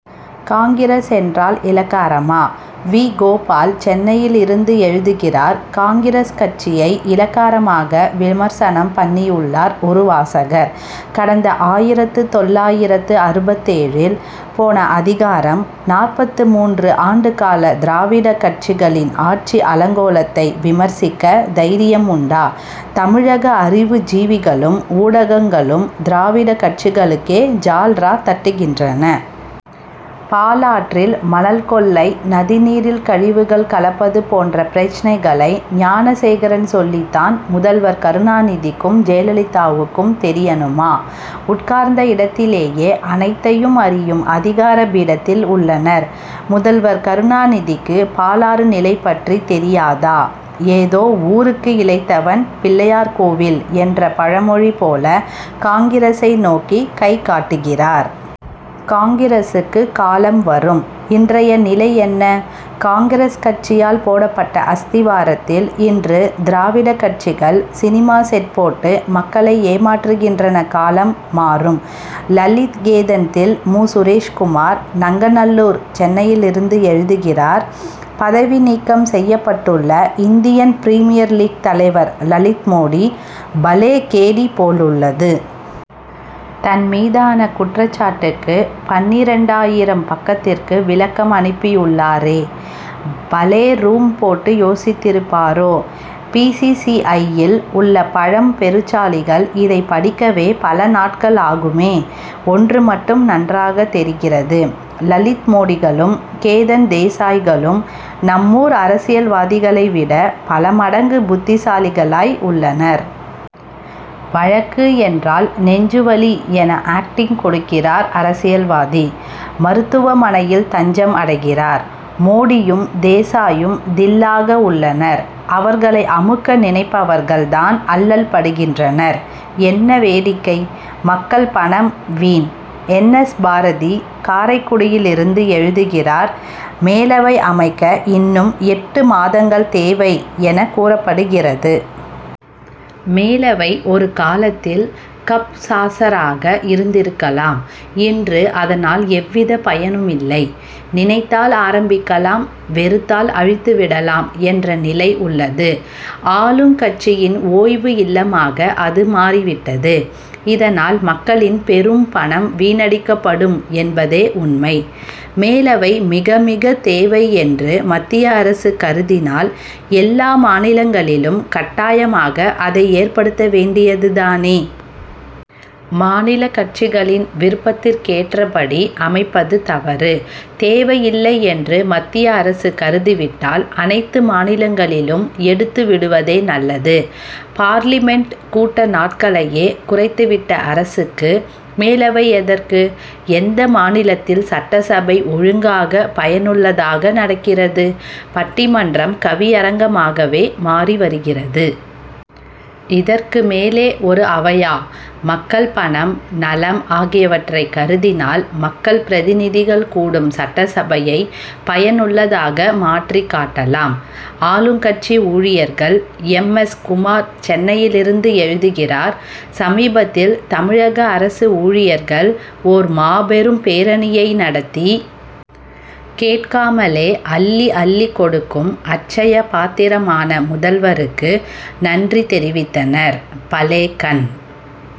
காங்கிரஸ் என்றால் இளக்காரமா? வி. கோபால், சென்னையிலிருந்து எழுதுகிறார் காங்கிரஸ் கட்சியை இளக்காரமாக, விமர்சனம் பண்ணியுள்ளார் ஒரு வாசகர். கடந்த ஆயிரத்து தொள்ளாயிரத்து அறுபத்தேழில் போன அதிகாரம், நாற்பத்து மூன்று ஆண்டுகால திராவிட கட்சிகளின் ஆட்சி அலங்கோலத்தை விமர்சிக்க தைரியம் உண்டா? தமிழக அறிவு ஜீவிகளும், ஊடகங்களும், திராவிடக் கட்சிகளுக்கே ஜால்ரா தட்டுகின்றன. பாலாற்றில் மணல் கொள்ளை, நதி நீரில் கழிவுகள் கலப்பது போன்ற பிரச்னைகளை ஞானசேகரன் சொல்லித் தான், முதல்வர் கருணாநிதிக்கும், ஜெயலலிதாவுக்கும் தெரியணுமா? உட்கார்ந்த இடத்திலேயே, அனைத்தையும் அறியும் அதிகார பீடத்தில் உள்ளனர். முதல்வர் கருணாநிதிக்கு, பாலாறு நிலை பற்றி தெரியாதா? ஏதோ ஊருக்கு இளைத்தவன் பிள்ளையார் கோவில் என்ற பழமொழி போல, காங்கிரசை நோக்கி கை காட்டுகிறார். காங்கிரசுக்கு காலம் வரும். இன்றைய நிலை என்ன? காங்கிரஸ் கட்சியால் போடப்பட்ட அஸ்திவாரத்தில், இன்று திராவிடக் கட்சிகள் சினிமா செட் போட்டு, மக்களை ஏமாற்றுகின்றனகாலம் மாறும். லலித், கேதன் தில்! மு. சுரேஷ்குமார், நங்கநல்லூர், சென்னையிலிருந்து எழுதுகிறார் பதவி நீக்கம் செய்யப்பட்டுள்ள இந்தியன் பிரிமியர் லீக் தலைவர் லலித் மோடி, பலே கேடி போலுள்ளது. தன் மீதான குற்றச்சாட்டுக்கு பன்னிரண்டாயிரம் பக்கத்திற்கு விளக்கம் அனுப்பியுள் ளாரே. பலேரூம் போட்டு யோசித்திருப்பாரோ? பி. சி. சி. ஐ.யில் உள்ள பழம் பெருச்சாளிகள் இதைப் படிக்கவே பல நாட்கள் ஆகுமே. ஒன்று மட்டும் நன்றாகத் தெரிகிறது. லலித் மோடிகளும், கேதன் தேசாய்களும், நம்மூர் அரசியல்வாதிகளை விட, பல மடங்கு புத்திசாலிகளாய் உள்ளனர். வழக்கு என்றால் நெஞ்சுவலி என ஆக்டிங் கொடுக்கிறார் அரசியல்வாதி; மருத்துவமனையில் தஞ்சம் அடைகிறார். மோடியும், தேசாயும், தில்'லாக உள்ளனர். அவர்களை அமுக்க நினைப்பவர்கள் தான் அல்லல்படுகின்றனர். என்ன வேடிக்கை? மக்கள் பணம் வீண்! என். எஸ். பாரதி, காரைக்குடியிலிருந்து எழுதுகிறார் மேலவை அமைக்க இன்னும் எட்டு மாதங்கள் தேவை' என கூறப்படுகிறது. மேலவை ஒரு காலத்தில், கப்சாசராக இருந்திருக்கலாம். இன்று, அதனால் எவ்விதப் பயனுமில்லை. நினைத்தால் ஆரம்பிக்கலாம்; வெறுத்தால் அழித்து விடலாம் என்ற நிலை உள்ளது. ஆளுங்கட்சியின் ஓய்வு இல்லமாக அது மாறிவிட்டது. இதனால், மக்களின் பெரும் பணம் வீணடிக்கப்படும் என்பதே உண்மை. மேலவை மிகமிகத் தேவை என்று மத்திய அரசு கருதினால், எல்லா மாநிலங்களிலும் கட்டாயமாக அதை ஏற்படுத்த வேண்டியது தானே. மாநிலக் கட்சிகளின் விருப்பதிற்கேற்றபடி அமைப்பது தவறு. தேவையில்லை என்று மத்திய அரசு கருதிவிட்டால், அனைத்து மாநிலங்களிலும் எடுத்து விடுவதே நல்லது. பார்லிமென்ட் கூட்ட நாட்களையே குறைத்துவிட்ட அரசுக்கு, மேலவை எதற்கு? எந்த மாநிலத்தில் சட்டசபை ஒழுங்காக, பயனுள்ளதாக நடக்கிறது? பட்டிமன்றம், கவியரங்கமாகவே மாறி வருகிறது. இதற்கு மேலே ஒரு அவையா? மக்கள் பணம், நலம் ஆகியவற்றைக் கருதினால், மக்கள் பிரதிநிதிகள் கூடும் சட்டசபையை பயனுள்ளதாக மாற் றிக் காட்டலாம். ஆளுங்கட்சி ஊழியர்கள்! எம். எஸ். குமார், சென்னையிலிருந்து எழுதுகிறார் சமீபத்தில் தமிழக அரசு ஊழியர்கள், ஓர் மாபெரும் பேரணியை நடத்தி, கேட்காமலே அள்ளி, அள்ளிக் கொடுக்கும் அட்சய பாத்திரமான முதல்வருக்கு நன்றி தெரிவித்தனர் பலேகண்